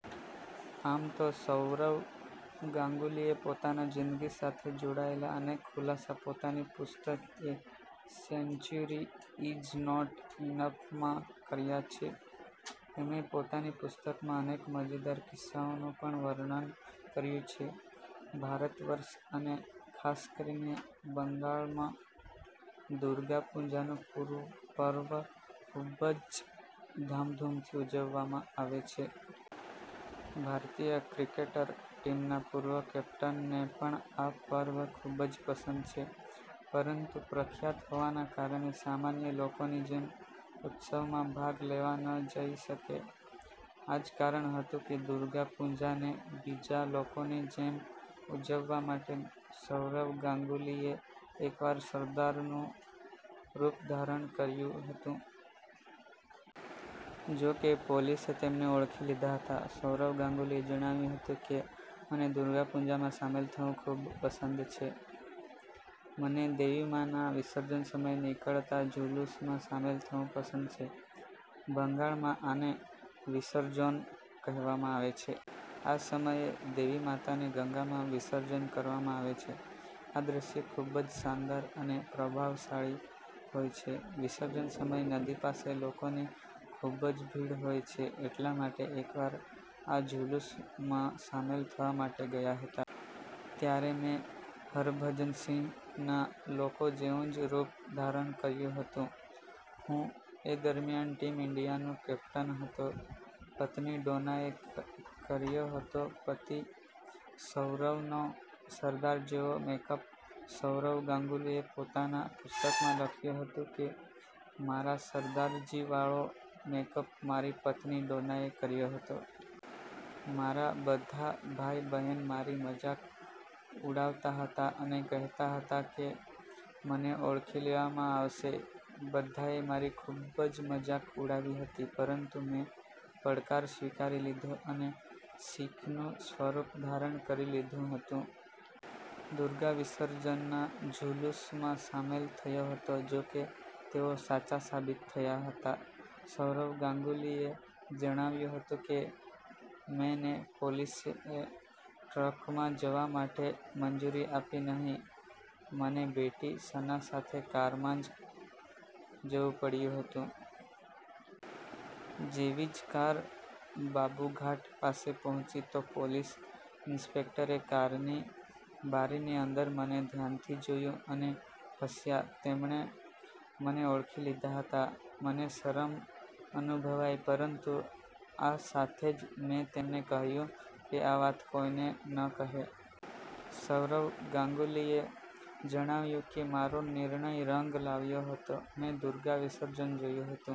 આમ તો સૌરવ ગાંગુલીએ પોતાની જિંદગી સાથે જોડાયેલા અનેક ખુલાસા પોતાની પુસ્તક a century is not enough માં કર્યા છે. તેમણે પોતાની પુસ્તકમાં અનેક મજેદાર કિસ્સાઓનું પણ વર્ણન કર્યું છે. ભારતવર્ષ અને ખાસકરીને બંગાલમાં દુર્ગા પુજાનું પર્વ ખુબજ ધામધૂમથી ઉજવવામાં આવે છે. ભારતીય ક્રિકેટર ટીમના પૂર્વ કેપ્ટનને પણ આ પર્વ ખુબ જ પસંદ છે. પરંતુ પ્રખ્યાત હોવાના કારણે સામાન્ય લોકોની જેમ ઉત્સવમાં ભાગ લેવા ન જઈ શકે. આ જ કારણ હતું કે દુર્ગા પૂજાને બીજા લોકોની જેમ ઉજવવા માટે સૌરવ ગાંગુલીએ એકવાર સરદારનું રૂપ ધારણ કર્યું હતું. જોકે, પોલીસે તેમને ઓળખી લીધા હતા. સૌરવ ગાંગુલીએ જણાવ્યું હતું કે મને દુર્ગા પૂજામાં સામેલ થવું ખુબ જ પસંદ છે. મને દેવીમાના વિસર્જન સમયે નીકળતા ઝુલૂસમાં સામેલ થવું પસંદ છે. બંગાળમાં આને વિશર્જોન કહેવામાં આવે છે. આ સમયે દેવી માતાને ગંગામાં વિષર્જન કરવામાં આવે છે. આ દ્રશ્ય ખુબ જ શાનદાર અને પ્રભાવશાળી હોય છે. વિસર્જન સમયે નદી પાસે લોકોની ખુબ જ ભીડ હોય છે. એટલા માટે એકવાર આ ઝુલૂસમાં સામેલ થવા માટે ગયા હતા. ત્યારે મે હરભજન સિંહના લોકો જેવું જ રૂપ ધારણ કર્યું હતું. હું એ દરમિયાન ટીમ ઇન્ડિયાનો કેપ્ટન હતો. પત્ની ડોનાએ કર્યો હતો પતિ સૌરવનો સરદાર જેવો મેકઅપ સૌરવ ગાંગુલીએ પોતાના પુસ્તકમાં લખ્યું છે કે મારા સરદારજી વાળો મેકઅપ મારી પત્ની ડોનાએ કર્યો હતો. મારા બધા ભાઈ બહેન મારી મજાક ઉડાવતા હતા અને કહેતા હતા કે મને ઓળખી લેવામાં આવશે. બધાએ મારી ખુબ જ મજાક ઉડાવી હતી. પરંતુ મેં પડકાર સ્વીકારી લીધો અને શિખનું સ્વરૂપ ધારણ કરી લીધું હતું. દુર્ગા વિસર્જનના ઝુલૂસમાં સામેલ થયો હતો. જોકે તેઓ સાચા સાબિત થયા હતા. સૌરવ ગાંગુલીએ જણાવ્યું હતું કે મેને પોલીસે ટ્રકમાં જવા માટે મંજૂરી આપી નહીં. મને બેટી સના સાથે કારમાં જ જવું પડ્યું હતું. જેવી જ કાર બાબૂઘાટ પાસે પહોંચી તો પોલીસ ઇન્સ્પેક્ટરે કારની બારીની અંદર મને ધ્યાનથી જોયું અને હસ્યા તેમણે મને ઓળખી લીધા હતા. મને શરમ અનુભવાઈ પરંતુ આ સાથે જ મે તેમને કહ્યું કે આ વાત કોઈને ન કહે. સૌરવ ગાંગુલીએ જણાવ્યું કે મારો નિર્ણય રંગ લાવ્યો હતો. મેં દુર્ગા વિસર્જન જોયું હતું.